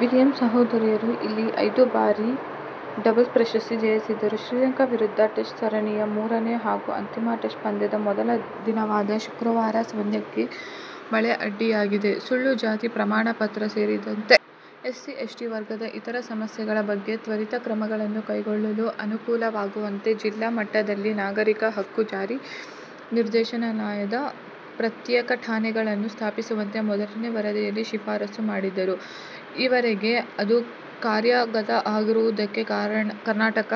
Williams ಸಹೋದರಿಯರು ಇಲ್ಲಿ ಐದು ಬಾರಿ ಡಬಲ್ಸ್ ಪ್ರಶಸ್ತಿ ಜಯಿಸಿದ್ದರು. ಶ್ರೀಲಂಕಾ ವಿರುದ್ದ ಟೆಸ್ಟ್ ಸರಣಿಯ ಮೂರನೇ ಹಾಗೂ ಅಂತಿಮ ಟೆಸ್ಟ್ ಪಂದ್ಯ ದ ಮೊದಲ ದಿನವಾದ ಶುಕ್ರವಾರ ಪಂದ್ಯಕ್ಕೆ ಮಳೆಅಡ್ಡಿಯಾಗಿದೆ. ಸುಳ್ಳು ಜಾತಿ ಪ್ರಮಾಣ ಪತ್ರ ಸೇರಿದಂತೆ ಎಸ್ಸಿ, ಎಸ್ಟಿ ವರ್ಗದ ಇತರ ಸಮಸ್ಯೆಗಳ ಬಗ್ಗೆ ತ್ವರಿತ ಕ್ರಮಗಳನ್ನು ಕೈಗೊಳ್ಳಲು ಅನುಕೂಲವಾಗುವಂತೆ ಜಿಲ್ಲಾ ಮಟ್ಟದಲ್ಲಿ ನಾಗರಿಕ ಹಕ್ಕು ಜಾರಿ ನಿರ್ದೇಶನಾಲಯದ ಪ್ರತ್ಯೇಕ ಠಾಣೆಗಳನ್ನು ಸ್ಥಾಪಿಸುವಂತೆ ಮೊದಲನೇ ವರದಿಯಲ್ಲಿ ಶಿಫಾರಸು ಮಾಡಿದ್ದರೂ, ಈವರೆಗೆ ಅದು ಕಾರ್ಯಗತ ಆಗದಿರುವುದಕ್ಕೆ ಕರ್ನಾಟಕ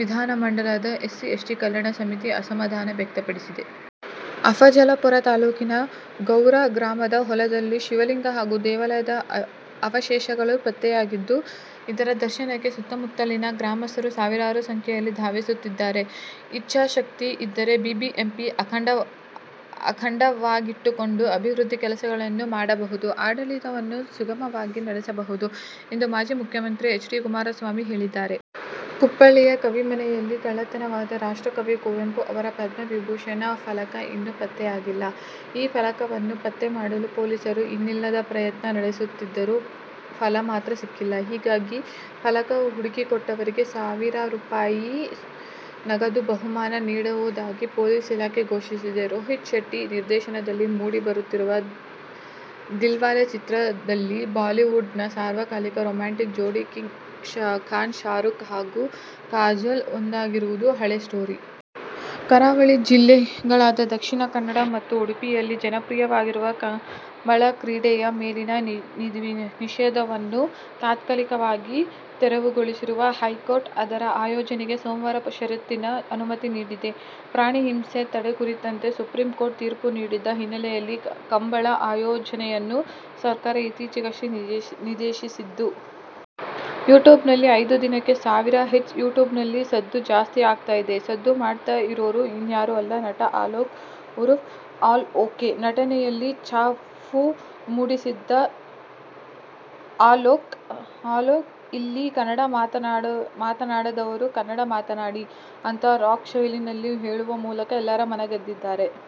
ವಿಧಾನಮಂಡಲದ ಎಸ್ಸಿ, ಎಸ್ಟಿ ಕಲ್ಯಾಣ ಸಮಿತಿ ಅಸಮಾಧಾನ ವ್ಯಕ್ತಪಡಿಸಿದೆ. ಅಫಜಲಪುರ ತಾಲೂಕಿನ ಗೌರ ಗ್ರಾಮದ ಹೊಲದಲ್ಲಿ ಶಿವಲಿಂಗ ಹಾಗೂ ದೇವಾಲಯದ ಅವಶೇಷಗಳು ಪತ್ತೆಯಾಗಿದ್ದು, ಇದರ ದರ್ಶನಕ್ಕೆ ಸುತ್ತಮುತ್ತಲಿನ ಗ್ರಾಮಸ್ಥರು ಸಾವಿರಾರು ಸಂಖ್ಯೆಯಲ್ಲಿ ಧಾವಿಸುತ್ತಿದ್ದಾರೆ. "ಇಚ್ಛಾಶಕ್ತಿ ಇದ್ದರೆ ಬಿಬಿಎಂಪಿ ಅಖಂಡವಾಗಿಟ್ಟುಕೊಂಡು ಅಭಿವೃದ್ಧಿ ಕೆಲಸಗಳನ್ನೂ ಮಾಡಬಹುದು. ಆಡಳಿತವನ್ನು ಸುಗಮವಾಗಿ ನಡೆಸಬಹುದು' ಎಂದು ಮಾಜಿ ಮುಖ್ಯಮಂತ್ರಿ ಎಚ್. ಡಿ. ಕುಮಾರಸ್ವಾಮಿ ಹೇಳಿದ್ದಾರೆ. ಕುಪ್ಪಳ್ಳಿಯ ಕವಿಮನೆಯಲ್ಲಿ ಕಳ್ಳತನವಾದ ರಾಷ್ಟ್ರಕವಿ ಕುವೆಂಪು ಅವರ 'ಪದ್ಮವಿಭೂಷಣ' ಫಲಕ ಇನ್ನೂ ಪತ್ತೆಯಾಗಿಲ್ಲ. ಈ ಫಲಕವನ್ನು ಪತ್ತೆ ಮಾಡಲು ಪೊಲೀಸರು ಇನ್ನಿಲ್ಲದ ಪ್ರಯತ್ನ ನಡೆಸುತ್ತಿದ್ದರೂ ಫಲ ಮಾತ್ರ ಸಿಕ್ಕಿಲ್ಲ. ಹೀಗಾಗಿ ಫಲಕ ಹುಡುಕಿಕೊಟ್ಟವರಿಗೆ ಸಾವಿರ ರೂ. ನಗದು ಬಹುಮಾನ ನೀಡುವುದಾಗಿ ಪೊಲೀಸ್ ಇಲಾಖೆ ಘೋಷಿಸಿದೆ. ರೋಹಿತ್ ಶೆಟ್ಟಿ ನಿರ್ದೇಶನದಲ್ಲಿ ಮೂಡಿ ಬರುತ್ತಿರುವ ದಿಲ್ವಾಲೆ ಚಿತ್ರದಲ್ಲಿ ಬಾಲಿವುಡ್'ನ ಸಾರ್ವಕಾಲಿಕ ರೋಮ್ಯಾಂಟಿಕ್ ಜೋಡಿ ಕಿಂಗ್ ಖಾನ್ ಶಾರೂಕ್ ಹಾಗೂ ಕಾಜೋಲ್ ಒಂದಾಗಿರುವುದು ಹಳೇ ಸ್ಟೋರಿ. ಕರಾವಳಿ ಜಿಲ್ಲೆಗಳಾದ ದಕ್ಷಿಣ ಕನ್ನಡ ಮತ್ತು ಉಡುಪಿಯಲ್ಲಿ ಜನಪ್ರಿಯವಾಗಿರುವ ಕಂಬಳ ಕ್ರೀಡೆಯ ಮೇಲಿನ ನಿಷೇಧವನ್ನು ತಾತ್ಕಾಲಿಕವಾಗಿ ತೆರವುಗೊಳಿಸಿರುವ ಹೈಕೋರ್ಟ್, ಅದರ ಆಯೋಜನೆಗೆ ಸೋಮವಾರ ಷರತ್ತಿನ ಅನುಮತಿ ನೀಡಿದೆ. ಪ್ರಾಣಿ ಹಿಂಸೆ ತಡೆ ಕುರಿತಂತೆ ಸುಪ್ರೀಂಕೋರ್ಟ್ ತೀರ್ಪು ನೀಡಿದ್ದ ಹಿನ್ನೆಲೆಯಲ್ಲಿ ಕಂಬಳ ಆಯೋಜನೆಯನ್ನು ಸರ್ಕಾರ ಇತ್ತೀಚೆಗಷ್ಟೇ ನಿಷೇಧಿಸಿತ್ತು. ಯೂಟ್ಯೂಬ್ನಲ್ಲಿ ಐದು ದಿನಕ್ಕೆ ಸಾವಿರ ಹಿಟ್ಸ್, ಯೂಟ್ಯೂಬ್ನಲ್ಲಿ ಸದ್ದು ಜಾಸ್ತಿ ಆಗ್ತಾ ಇದೆ. ಸದ್ದು ಮಾಡ್ತಾ ಇರೋರು ಇನ್ಯಾರು ಅಲ್ಲ. ನಟ ಅಲೋಕ್ ಉರುಫ್ ಆಲ್ ಓಕೆ. ನಟನೆಯಲ್ಲಿ ಛಾಪು ಮೂಡಿಸಿದ್ದ ಅಲೋಕ್ "ಇಲ್ಲಿ ಕನ್ನಡ ಮಾತನಾಡದವರು ಕನ್ನಡ ಮಾತನಾಡಿ' ಅಂತ ರಾಕ್ ಶೈಲಿಯಲ್ಲಿ ಹೇಳುವ ಮೂಲಕ ಎಲ್ಲರ ಮನ ಗೆದ್ದಿದ್ದಾರೆ.